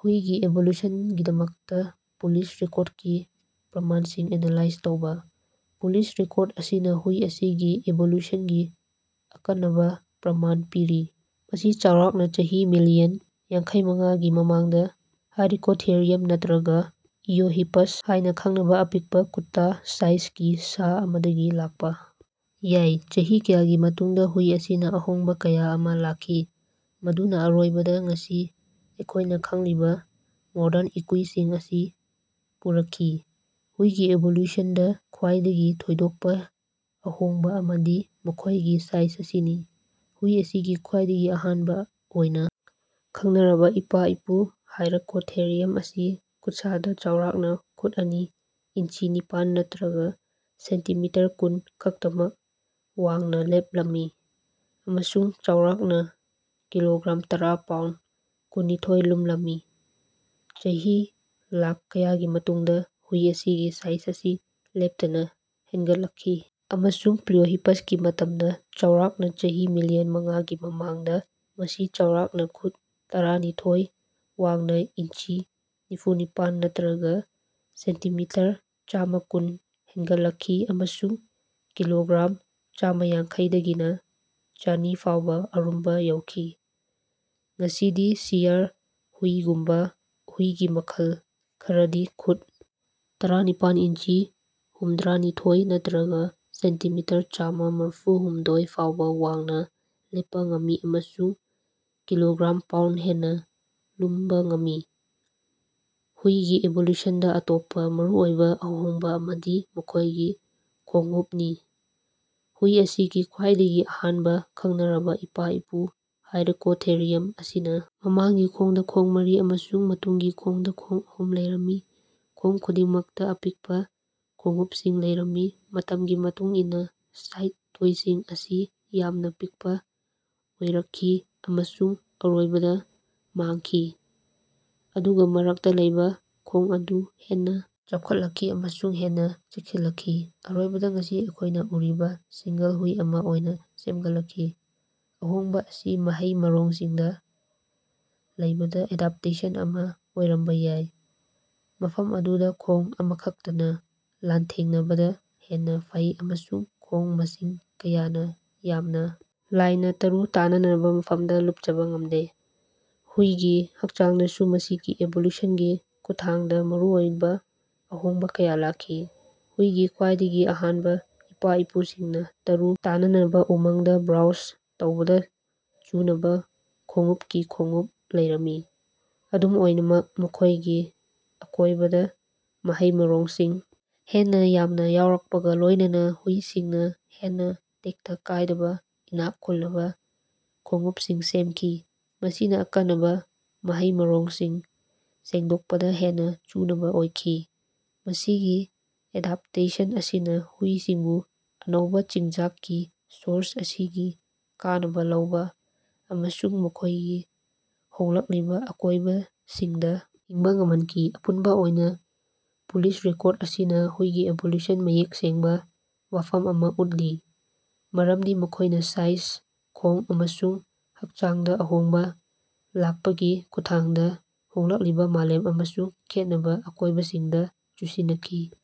ꯍꯨꯏꯒꯤ ꯏꯚꯣꯂꯨꯁꯟꯒꯤꯗꯃꯛꯇꯥ ꯄꯣꯂꯤꯁ ꯔꯦꯀꯣꯔꯗꯀꯤ ꯄ꯭ꯔꯃꯥꯟꯁꯤꯡ ꯑꯦꯅꯥꯂꯥꯏꯖ ꯇꯧꯕ꯫ ꯐꯣꯁꯤꯜ ꯔꯦꯀꯣꯔꯗ ꯑꯁꯤꯅ ꯍꯨꯏ ꯑꯁꯤꯒꯤ ꯏꯚꯣꯂꯨꯁꯟꯒꯤ ꯑꯀꯟꯅꯕ ꯄ꯭ꯔꯃꯥꯟ ꯄꯤꯔꯤ꯫ ꯃꯁꯤ ꯆꯥꯎꯔꯥꯛꯅꯥ ꯆꯍꯤ ꯃꯤꯂꯤꯌꯟ ꯌꯥꯡꯈꯩꯃꯉꯥꯒꯤ ꯃꯃꯥꯡꯗ ꯍꯥꯏꯔꯥꯀꯣꯊꯦꯔꯤꯌꯝ ꯅꯠꯇ꯭ꯔꯒ ꯏꯑꯣꯍꯤꯄꯁ ꯍꯥꯏꯅ ꯈꯪꯅꯕ ꯑꯄꯤꯛꯄꯥ ꯀꯨꯠꯇꯥ ꯁꯥꯏꯖꯒꯤ ꯁꯥ ꯑꯃꯗꯒꯤ ꯂꯥꯛꯄꯥ ꯌꯥꯏ꯫ ꯆꯍꯤ ꯀꯌꯥꯒꯤ ꯃꯇꯨꯡꯗꯥ ꯍꯨꯏ ꯑꯁꯤꯅꯥ ꯑꯍꯣꯡꯕꯥ ꯀꯌꯥ ꯑꯃꯥ ꯂꯥꯛꯈꯤ ꯃꯗꯨꯅꯥ ꯑꯔꯣꯏꯕꯗꯥ ꯉꯁꯤ ꯑꯩꯈꯣꯏꯅ ꯈꯪꯂꯤꯕ ꯃꯣꯗꯔꯟ ꯏꯀꯨꯏꯁꯤꯡ ꯑꯁꯤ ꯄꯨꯔꯛꯈꯤ꯫ ꯍꯨꯏꯒꯤ ꯏꯚꯣꯂꯨꯁꯟꯗꯥ ꯈ꯭ꯋꯥꯏꯗꯒꯤ ꯊꯣꯏꯗꯣꯛꯄꯥ ꯑꯍꯣꯡꯕꯥ ꯑꯃꯗꯤ ꯃꯈꯣꯏꯒꯤ ꯁꯥꯏꯖ ꯑꯁꯤꯅꯤ꯫ ꯍꯨꯏ ꯑꯁꯤꯒꯤ ꯈ꯭ꯋꯥꯏꯗꯒꯤ ꯑꯍꯥꯟꯕ ꯑꯣꯏꯅ ꯈꯪꯅꯔꯕ ꯏꯄꯥ-ꯏꯄꯨ ꯍꯥꯏꯔꯥꯀꯣꯊꯦꯔꯤꯌꯝ ꯑꯁꯤ ꯈꯨꯠꯁꯥꯗꯥ ꯆꯥꯎꯔꯥꯛꯅꯥ ꯈꯨꯠ ꯑꯅꯤ ꯏꯟꯆꯤ ꯅꯤꯄꯥꯟ ꯅꯠꯇ꯭ꯔꯒ ꯁꯦꯟꯇꯤꯃꯤꯇꯔ ꯀꯨꯟ ꯈꯛꯇꯃꯛ ꯋꯥꯡꯅ ꯂꯦꯞꯂꯝꯃꯤ ꯑꯃꯁꯨꯡ ꯆꯥꯎꯔꯥꯛꯅꯥ ꯀꯤꯂꯣꯒ꯭ꯔꯥꯝ ꯇꯔꯥ ꯄꯥꯎꯟꯗ ꯀꯨꯟꯅꯤꯊꯣꯏ ꯂꯨꯝꯂꯝꯃꯤ꯫ ꯆꯍꯤ ꯂꯥꯛ ꯀꯌꯥꯒꯤ ꯃꯇꯨꯡꯗꯥ ꯍꯨꯏ ꯑꯁꯤꯒꯤ ꯁꯥꯏꯖ ꯑꯁꯤ ꯂꯦꯞꯇꯅꯥ ꯍꯦꯟꯒꯠꯂꯛꯈꯤ, ꯑꯃꯁꯨꯡ ꯄ꯭ꯂꯤꯑꯣꯍꯤꯄꯁꯀꯤ ꯃꯇꯝꯗꯥ, ꯆꯥꯎꯔꯥꯛꯅꯥ ꯆꯍꯤ ꯃꯤꯂꯤꯌꯟ ꯃꯉꯥꯒꯤ ꯃꯃꯥꯡꯗꯥ, ꯃꯁꯤ ꯆꯥꯎꯔꯥꯛꯅꯥ ꯈꯨꯠ ꯇꯔꯥꯅꯤꯊꯣꯏ ꯋꯥꯡꯅ ꯏꯟꯆꯤ ꯅꯤꯐꯨꯅꯤꯄꯥꯟ ꯅꯠꯇ꯭ꯔꯒ ꯁꯦꯟꯇꯤꯃꯤꯇꯔ ꯆꯥꯃꯥꯀꯨꯟ ꯍꯦꯟꯒꯠꯂꯛꯈꯤ ꯑꯃꯁꯨꯡ ꯀꯤꯂꯣꯒ꯭ꯔꯥꯝ ꯆꯥꯃꯥꯌꯥꯡꯈꯩꯗꯒꯤꯅ ꯆꯥꯅꯤ ꯐꯥꯎꯕ ꯑꯔꯨꯝꯕ ꯌꯧꯈꯤ꯫ ꯉꯁꯤꯗꯤ ꯁꯤꯌꯥꯔ ꯍꯨꯏꯒꯨꯝꯕꯥ ꯍꯨꯏꯒꯤ ꯃꯈꯜ ꯈꯔꯗꯤ ꯈꯨꯠ ꯇꯔꯥꯅꯤꯄꯥꯟ ꯏꯟꯆꯤ ꯍꯨꯝꯗ꯭ꯔꯅꯤꯊꯣꯏ ꯅꯠꯇ꯭ꯔꯒ ꯁꯦꯟꯇꯤꯃꯤꯇꯔ ꯆꯥꯃꯥ ꯃꯔꯤꯐꯨꯍꯨꯝꯗꯣꯏ ꯐꯥꯎꯕ ꯋꯥꯡꯅ ꯂꯦꯞꯄꯥ ꯉꯝꯃꯤ ꯑꯃꯁꯨꯡ ꯀꯤꯂꯣꯒ꯭ꯔꯥꯝ ꯄꯥꯎꯟꯗ ꯍꯦꯟꯅ ꯂꯨꯝꯕ ꯉꯝꯃꯤ꯫ ꯍꯨꯏꯒꯤ ꯏꯚꯣꯂꯨꯁꯟꯗꯥ ꯑꯇꯣꯞꯄꯥ ꯃꯔꯨꯑꯣꯏꯕ ꯑꯍꯣꯡꯕ ꯑꯃꯗꯤ ꯃꯈꯣꯏꯒꯤ ꯈꯣꯡꯎꯄꯅꯤ꯫ ꯍꯨꯏ ꯑꯁꯤꯒꯤ ꯈ꯭ꯋꯥꯏꯗꯒꯤ ꯑꯍꯥꯟꯕ ꯈꯪꯅꯔꯕꯥ ꯏꯄꯥ-ꯏꯄꯨ ꯍꯥꯏꯔꯥꯀꯣꯊꯦꯔꯤꯌꯝ ꯑꯁꯤꯅꯥ ꯃꯃꯥꯡꯒꯤ ꯈꯣꯡꯗꯥ ꯈꯣꯡ ꯃꯔꯤ ꯑꯃꯁꯨꯡ ꯃꯇꯨꯡꯒꯤ ꯈꯣꯡꯗꯥ ꯈꯣꯡ ꯑꯍꯨꯝ ꯂꯩꯔꯝꯃꯤ, ꯈꯣꯡ ꯈꯨꯗꯤꯡꯃꯛꯇꯥ ꯑꯄꯤꯛꯄꯥ ꯈꯣꯡꯎꯄꯁꯤꯡ ꯂꯩꯔꯝꯃꯤ꯫ ꯃꯇꯝꯒꯤ ꯃꯇꯨꯡ ꯏꯟꯅꯥ ꯁꯥꯏꯗ ꯇꯣꯏꯁꯤꯡ ꯑꯁꯤ ꯌꯥꯝꯅ ꯄꯤꯛꯄꯥ ꯑꯣꯏꯔꯛꯈꯤ ꯑꯃꯁꯨꯡ ꯑꯔꯣꯏꯕꯗ ꯃꯥꯡꯈꯤ, ꯑꯗꯨꯒ ꯃꯔꯛꯇ ꯂꯩꯕ ꯈꯣꯡ ꯑꯗꯨ ꯍꯦꯟꯅꯥ ꯆꯥꯎꯈꯠꯂꯛꯈꯤ ꯑꯃꯁꯨꯡ ꯍꯦꯟꯅꯥ ꯆꯦꯠꯁꯤꯜꯂꯛꯈꯤ, ꯑꯔꯣꯏꯕꯗꯥ ꯉꯁꯤ ꯑꯩꯈꯣꯏꯅ ꯎꯔꯤꯕ ꯁꯤꯉ꯭ꯒꯜ ꯍꯨꯏ ꯑꯃꯥ ꯑꯣꯏꯅ ꯁꯦꯝꯒꯠꯂꯛꯈꯤ꯫ ꯑꯍꯣꯡꯕ ꯑꯁꯤ ꯃꯍꯩ-ꯃꯔꯣꯡꯁꯤꯡꯗ ꯂꯩꯕꯗꯥ ꯑꯦꯗꯞꯇꯦꯁꯟ ꯑꯃꯥ ꯑꯣꯏꯔꯝꯕ ꯌꯥꯏ, ꯃꯐꯝ ꯑꯗꯨꯗ ꯈꯣꯡ ꯑꯃꯈꯛꯇꯅꯥ ꯂꯥꯟꯊꯦꯡꯅꯕꯗꯥ ꯍꯦꯟꯅꯥ ꯐꯩ ꯑꯃꯁꯨꯡ ꯈꯣꯡ ꯃꯁꯤꯡ ꯀꯌꯥꯅꯥ ꯌꯥꯝꯅꯥ ꯂꯥꯏꯅꯥ ꯇꯔꯨ ꯇꯅꯥꯅꯕꯥ ꯃꯐꯝꯗ ꯂꯨꯞꯆꯕꯥ ꯉꯃꯗꯦ꯫ ꯍꯨꯏꯒꯤ ꯍꯥꯛꯆꯥꯡꯗꯁꯨ ꯃꯁꯤꯒꯤ ꯏꯚꯣꯂꯨꯁꯟꯒꯤ ꯈꯨꯠꯊꯥꯡꯗ ꯃꯔꯨꯑꯣꯏꯕ ꯑꯍꯣꯡꯕ ꯀꯌꯥ ꯂꯥꯛꯈꯤ꯫ ꯍꯨꯏꯒꯤ ꯈ꯭ꯋꯥꯏꯗꯒꯤ ꯑꯍꯥꯟꯕ ꯏꯄꯥ-ꯏꯄꯨꯁꯤꯡꯅꯥ ꯇꯔꯨ ꯇꯅꯥꯅꯕꯥ ꯎꯃꯪꯗꯥ ꯕ꯭ꯔꯣꯎꯖ ꯇꯧꯕꯗ ꯆꯨꯅꯕ ꯈꯣꯡꯎꯄꯀꯤ ꯈꯣꯡꯎꯞ ꯂꯩꯔꯝꯃꯤ꯫ ꯑꯗꯨꯝ ꯑꯣꯏꯅꯃꯛ, ꯃꯈꯣꯏꯒꯤ ꯑꯀꯣꯏꯕꯗ ꯃꯍꯩ-ꯃꯔꯣꯡꯁꯤꯡ ꯍꯦꯟꯅꯥ ꯌꯥꯝꯅꯥ ꯌꯥꯎꯔꯛꯄꯒ ꯂꯣꯏꯅꯅꯥ, ꯍꯨꯏꯁꯤꯡꯅꯥ ꯍꯦꯟꯅꯥ ꯇꯦꯛꯇ ꯀꯥꯏꯗꯕꯥ ꯏꯅꯥꯛ ꯈꯨꯜꯂꯕ ꯈꯣꯡꯎꯄꯁꯤꯡ ꯁꯦꯝꯈꯤ, ꯃꯁꯤꯅꯥ ꯑꯀꯟꯅꯕ ꯃꯍꯩ-ꯃꯔꯣꯡꯁꯤꯡ ꯁꯦꯡꯗꯣꯛꯄꯗ ꯍꯦꯟꯅꯥ ꯆꯨꯅꯕ ꯑꯣꯏꯈꯤ꯫ ꯃꯁꯤꯒꯤ ꯑꯦꯗꯞꯇꯦꯁꯟ ꯑꯁꯤꯅꯥ ꯍꯨꯏꯁꯤꯡꯕꯨ ꯑꯅꯧꯕꯥ ꯆꯤꯟꯖꯥꯛꯀꯤ ꯁꯣꯔꯁ ꯑꯁꯤꯒꯤ ꯀꯥꯟꯅꯕ ꯂꯧꯕ ꯑꯃꯁꯨꯡ ꯃꯈꯣꯏꯒꯤ ꯍꯣꯡꯂꯛꯂꯤꯕ ꯑꯀꯣꯏꯕꯁꯤꯡꯗꯥ ꯍꯤꯡꯕ ꯉꯝꯍꯟꯈꯤ꯫ ꯑꯄꯨꯟꯕ ꯑꯣꯏꯅ ꯐꯣꯁꯤꯜ ꯔꯦꯀꯣꯔꯗ ꯑꯁꯤꯅ ꯍꯨꯏꯒꯤ ꯏꯚꯣꯂꯨꯁꯟꯒꯤ ꯃꯌꯦꯛ ꯁꯦꯡꯕꯥ ꯋꯥꯐꯝ ꯑꯃꯥ ꯎꯠꯂꯤ, ꯃꯔꯝꯗꯤ ꯃꯈꯣꯏꯅꯥ ꯁꯥꯏꯖ, ꯈꯣꯡ ꯑꯃꯁꯨꯡ ꯍꯥꯛꯆꯥꯡꯗ ꯑꯍꯣꯡꯕ ꯂꯥꯛꯄꯒꯤ ꯈꯨꯠꯊꯥꯡꯗꯥ ꯍꯣꯡꯂꯛꯂꯤꯕ ꯃꯥꯂꯦꯝ ꯑꯃꯁꯨꯡ ꯈꯦꯠꯅꯕ ꯑꯀꯣꯏꯕꯁꯤꯡꯗ ꯆꯨꯁꯤꯟꯅꯈꯤ꯫